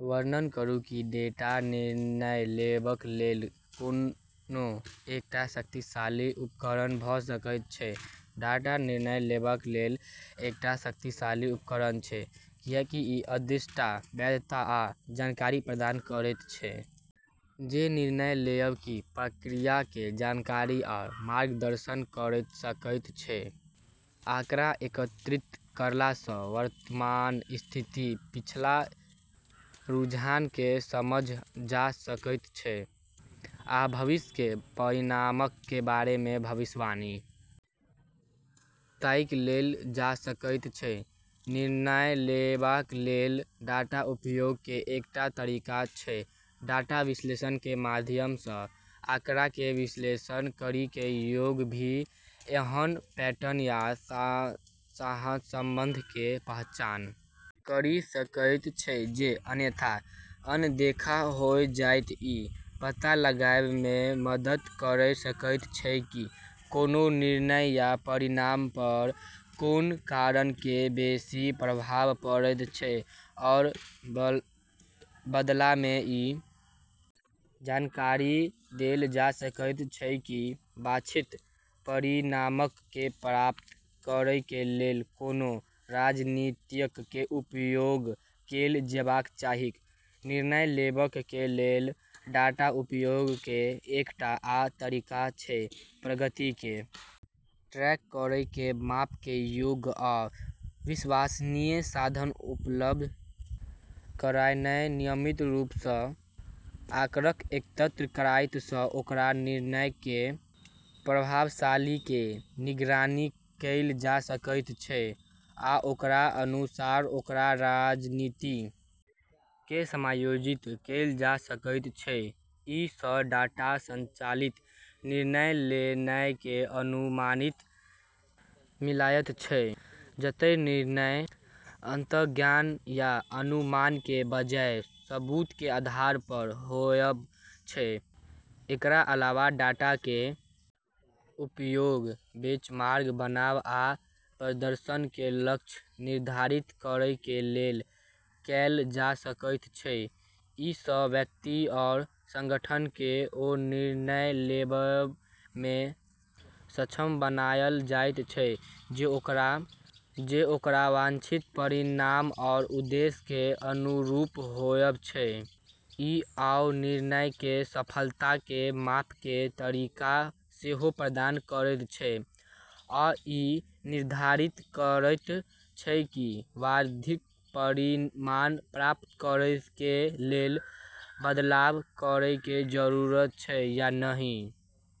वर्णन करूं की डेटा निर्णय लेवा कें लेल कोना एकटा शक्तिशाली उपकरण भ सकय छै, डाटा निर्णय लेवा कें लेल एकटा शक्तिशाली उपकरण छै, कियाकि इ अंतर्दृष्टि, वैधता आ जानकारी प्रदान करयत छै जे निर्णय लेवय कें प्रक्रिया कें जानकारी आ मार्गदर्शन कयर सकय छै, आंकड़ा एकत्रित करला सं वर्तमान स्थिति, पिछला रुझान कें समझल जा सकय छै आ भविष्य कें परिणामक कें बारे मे भविष्यवाणी तइक कैल जा सकय छै, निर्णय लेवा कें लेल डाटा उपयोगी कें एकटा तरीका छै डाटा विश्लेषण कें माध्यम सं आंकड़ऽ के विश्लेषण करी के कोय भी ऐन्हऽ पैटर्न या सहसंबंध के पहचान करी सकै छै जे अन्यथा अनदेखा होय जैतै इ पता लगावय मे मदद कयर सकय छै की कोनों निर्णय या परिणाम पर कोन कारक कें बेसि प्रभाव पड़य छै आ बदला मे इ जानकारी देल जा सकय छै की वांछित परिणामक कें प्राप्त करय कें लेल कोन रणनीतियक कें उपयोग कैल जेबाक चाही, निर्णय लेवा कें लेल डाटा उपयोगी कें एकटा आ तरीका छै प्रगति कें ट्रैक करय कें माप कें योग्य आ विश्वसनीय साधन उपलब्ध करानाय नियमित रूप सं आंकड़ा एकत्र करय सं ओकर निर्णयक कें प्रभावशीलता कें निगरानी कैल जा सकय छै आ ओकर अनुसार ओकर रणनीति कें समायोजित कैल जा सकय छै, अइ सं डाटा संचालित निर्णय लेनाय कें अनुमति मिलयत छै जतय निर्णय अंतर्ज्ञान या अनुमान कें बजाय सबूत कें आधार पर होयत छै, एकर अलावा डाटा कें उपयोग बेंचमार्क बनावा आ प्रदर्शन कें लक्ष्य निर्धारित करय कें लेल कैल जा सकय छै, अइ सं व्यक्ति आ संगठनक कें ओ निर्णय लेवा मे सक्षम बनायल जायत छै जे ओकर वांछित परिणाम आ उद्देश्यक कें अनुरूप होयत छै, इ ओय निर्णयक कें सफलता कें माप कें तरीका सेहो प्रदान करयत छै, आ इ निर्धारित करयत छै की वांछित परिणाम प्राप्त करय कें लेल बदलाव करय कें जरूरत छै या नहि।